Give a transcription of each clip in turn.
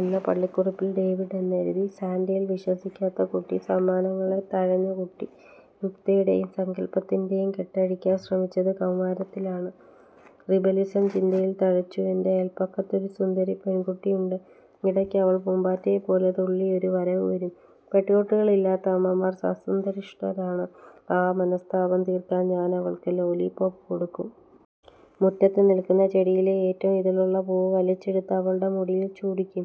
എന്ന പള്ളിക്കുറിപ്പിൽ ഡേവിഡ്, എന്നെഴുതി. സാന്റയിൽ വിശ്വസിക്കാത്ത കുട്ടി. സമ്മാനങ്ങളെ തഴഞ്ഞ കുട്ടി. യുക്തിയുടേയും സങ്കൽപ്പത്തിൻ്റെയും കെട്ടഴിക്കാൻ ശ്രമിച്ചത് കൗമാരത്തിലാണ്. റിബലിസം ചിന്തയിൽ തഴച്ചു. എൻ്റെ അയൽപക്കത്ത് ഒരു സുന്ദരി പെൺകുട്ടിയുണ്ട്. ഇടയ്ക്ക് അവൾ പൂമ്പാറ്റയെപ്പോലെ തുള്ളിയൊരു വരവു വരും. പെൺകുട്ടികളില്ലാത്ത അമ്മമാർ അസന്തുഷ്ടരാണ്. ആ മനസ്താപം തീർക്കാൻ ഞാനവൾക്ക് ലോലിപോപ്പ് കൊടുക്കും. മുറ്റത്ത് നിൽക്കുന്ന ചെടിയിലെ ഏറ്റവും ഇതളുള്ള പൂവ് വലിച്ചെടുത്ത് അവളുടെ മുടിയിൽ ചൂടിക്കും.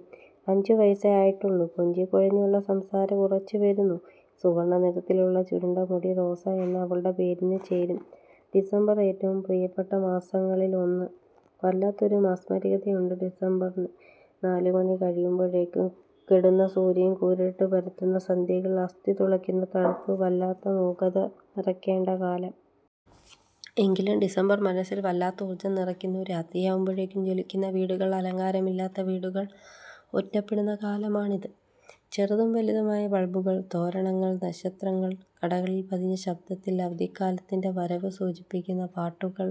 അഞ്ചു വയസ്സേ ആയിട്ടുള്ളൂ. കൊഞ്ചിക്കുഴഞ്ഞുള്ള സംസാരം ഉറച്ചുവരുന്നു. സുവർണ നിറത്തിലുള്ള ചുരുണ്ട മുടി റോസ എന്ന അവളുടെ പേരിനു ചേരും. ഡിസംബർ ഏറ്റവും പ്രിയപ്പെട്ട മാസങ്ങളിലൊന്ന്. വല്ലാത്തൊരു മാസ്മരികതയുണ്ട് ഡിസംബറിന്. നാലുമണി കഴിയുമ്പോഴേക്കും കെടുന്ന സൂര്യൻ, കൂരിരുട്ട് പരത്തുന്ന സന്ധ്യകൾ, അസ്ഥി തുളക്കുന്ന തണുപ്പ്, വല്ലാത്ത മൂകത നിറക്കേണ്ട കാലം. എങ്കിലും ഡിസംബർ മനസ്സിൽ വല്ലാത്ത ഊർജം നിറക്കുന്നു. രാത്രിയാകുമ്പോഴേക്കും ജ്വലിക്കുന്ന വീടുകൾ. അലങ്കാരമില്ലാത്ത വീടുകൾ ഒറ്റപ്പെടുന്ന കാലമാണിത്. ചെറുതും വലുതുമായ ബൾബുകൾ, തോരണങ്ങൾ, നക്ഷത്രങ്ങൾ, കടകളിൽ പതിഞ്ഞ ശബ്ദത്തിൽ അവധിക്കാലത്തിൻ്റെ വരവ് സൂചിപ്പിക്കുന്ന പാട്ടുകൾ,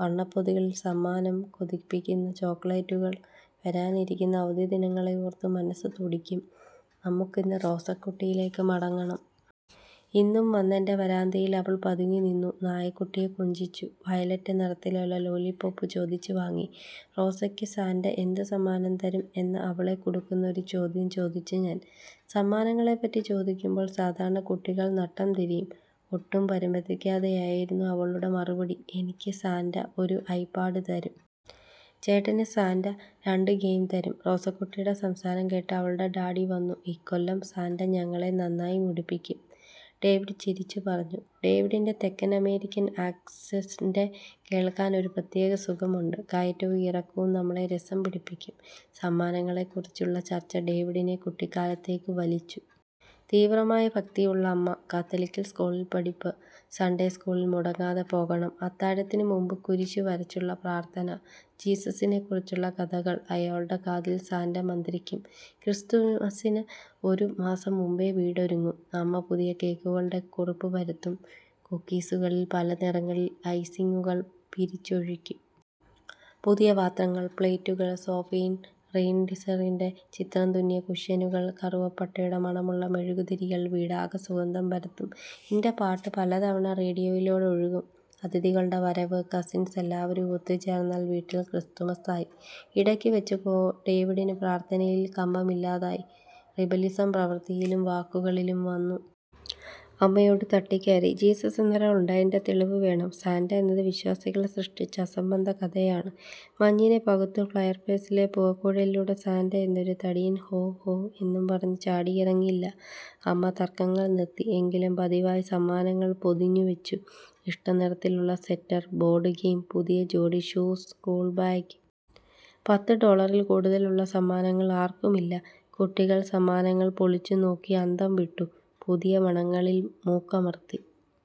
വർണപ്പൊതികളിൽ സമ്മാനം, കൊതിപ്പിക്കുന്ന ചോക്ലേറ്റുകൾ. വരാനിരിക്കുന്ന അവധിദിനങ്ങളെയോർത്ത് മനസ്സ് തുടിക്കും. നമുക്കിന്ന് റോസക്കുട്ടിയിലേക്ക് മടങ്ങണം. ഇന്നും വന്നെൻ്റെ വരാന്തയിൽ അവൾ പതുങ്ങിനിന്നു. നായക്കുട്ടിയെ കൊഞ്ചിച്ചു. വയലറ്റ് നിറത്തിലുള്ള ലോലിപോപ്പ് ചോദിച്ചു വാങ്ങി. റോസക്ക് സാന്റ എന്ത് സമ്മാനം തരും എന്ന് അവളെ കുടുക്കുന്ന ഒരു ചോദ്യം ചോദിച്ചു ഞാൻ. സമ്മാനങ്ങളെപ്പറ്റി ചോദിക്കുമ്പോൾ സാധാരണ കുട്ടികൾ നട്ടംതിരിയും. ഒട്ടും പരിഭ്രമിക്കാതെയായിരുന്നു അവളുടെ മറുപടി. എനിക്ക് സാന്റ ഒരു ഐപാഡ് തരും. ചേട്ടന് സാന്റ രണ്ട് ഗെയിം തരും. റോസക്കുട്ടിയുടെ സംസാരം കേട്ട് അവളുടെ ഡാഡി വന്നു. ഇക്കൊല്ലം സാന്റ ഞങ്ങളെ നന്നായി മുടിപ്പിക്കും. ഡേവിഡ് ചിരിച്ചു പറഞ്ഞു. ഡേവിഡിൻ്റെ തെക്കൻ അമേരിക്കൻ ആക്സസന്റ് കേൾക്കാൻ ഒരു പ്രത്യേക സുഖമുണ്ട്. കയറ്റവും ഇറക്കവും നമ്മളെ രസം പിടിപ്പിക്കും. സമ്മാനങ്ങളെക്കുറിച്ചുള്ള ചർച്ച ഡേവിഡിനെ കുട്ടിക്കാലത്തേക്ക് വലിച്ചു. തീവ്രമായ ഭക്തിയുള്ള അമ്മ. കാത്തലിക് സ്കൂളിലെ പഠിപ്പ്. സൺഡേ സ്കൂളിൽ മുടങ്ങാതെ പോകണം. അത്താഴത്തിനുമുമ്പ് കുരിശു വരച്ചുള്ള പ്രാർഥന. ജീസസിനെക്കുറിച്ചുള്ള കഥകൾ. അയാളുടെ കാതിൽ സാന്റ മന്ത്രിക്കും. ക്രിസ്തുമസ്സിന് ഒരുമാസം മുമ്പേ വീടൊരുങ്ങും. അമ്മ പുതിയ കേക്കുകളുടെ കുറിപ്പ് പരത്തും. കുക്കീസുകളിൽ പല നിറങ്ങളിൽ ഐസിങ്ങുകൾ പിരിച്ചൊഴിക്കും. പുതിയ പാത്രങ്ങൾ, പ്ലേറ്റുകൾ, സോഫയിൽ റെയിൻഡിയറിൻ്റെ ചിത്രം തുന്നിയ കുഷ്യനുകൾ. കറുവപ്പട്ടയുടെ മണമുള്ള മെഴുകുതിരികൾ വീടാകെ സുഗന്ധം പരത്തും. ൻ്റെ പാട്ട് പലതവണ റേഡിയോയിലൂടെ ഒഴുകും. അതിഥികളുടെ വരവ്. കസിൻസ് എല്ലാവരും ഒത്തുചേർന്നാൽ വീട്ടിൽ ക്രിസ്തുമസ്സായി. ഇടയ്ക്ക് വച്ചപ്പോൾ ഡേവിഡിന് പ്രാർഥനയിൽ കമ്പമില്ലാതായി. റിബലിസം പ്രവൃത്തിയിലും വാക്കുകളിലും വന്നു. അമ്മയോട് തട്ടിക്കയറി. ജീസസ് എന്നൊരാൾ ഉണ്ടായതിന് തെളിവ് വേണം. സാന്റ എന്നത് വിശ്വാസികൾ സൃഷ്ടിച്ച അസംബന്ധ കഥയാണ്. മഞ്ഞിനെ പകുത്ത് ഫയർപ്ലേസിലെ പുകക്കുഴലിലൂടെ സാന്റ എന്നൊരു തടിയൻ ഹോ ഹോ എന്നും പറഞ്ഞ് ചാടിയിറങ്ങില്ല. അമ്മ തർക്കങ്ങൾ നിർത്തി. എങ്കിലും പതിവായി സമ്മാനങ്ങൾ പൊതിഞ്ഞുവെച്ചു. ഇഷ്ടനിറത്തിലുള്ള സ്വെറ്റർ, ബോർഡ് ഗെയിം, പുതിയ ജോഡി ഷൂസ്, സ്കൂൾ ബാഗ്. പത്ത് ഡോളറിൽ കൂടുതലുള്ള സമ്മാനങ്ങൾ ആർക്കുമില്ല. കുട്ടികൾ സമ്മാനങ്ങൾ പൊളിച്ചുനോക്കി അന്തംവിട്ടു. പുതിയ മണങ്ങളിൽ മൂക്കമർത്തി.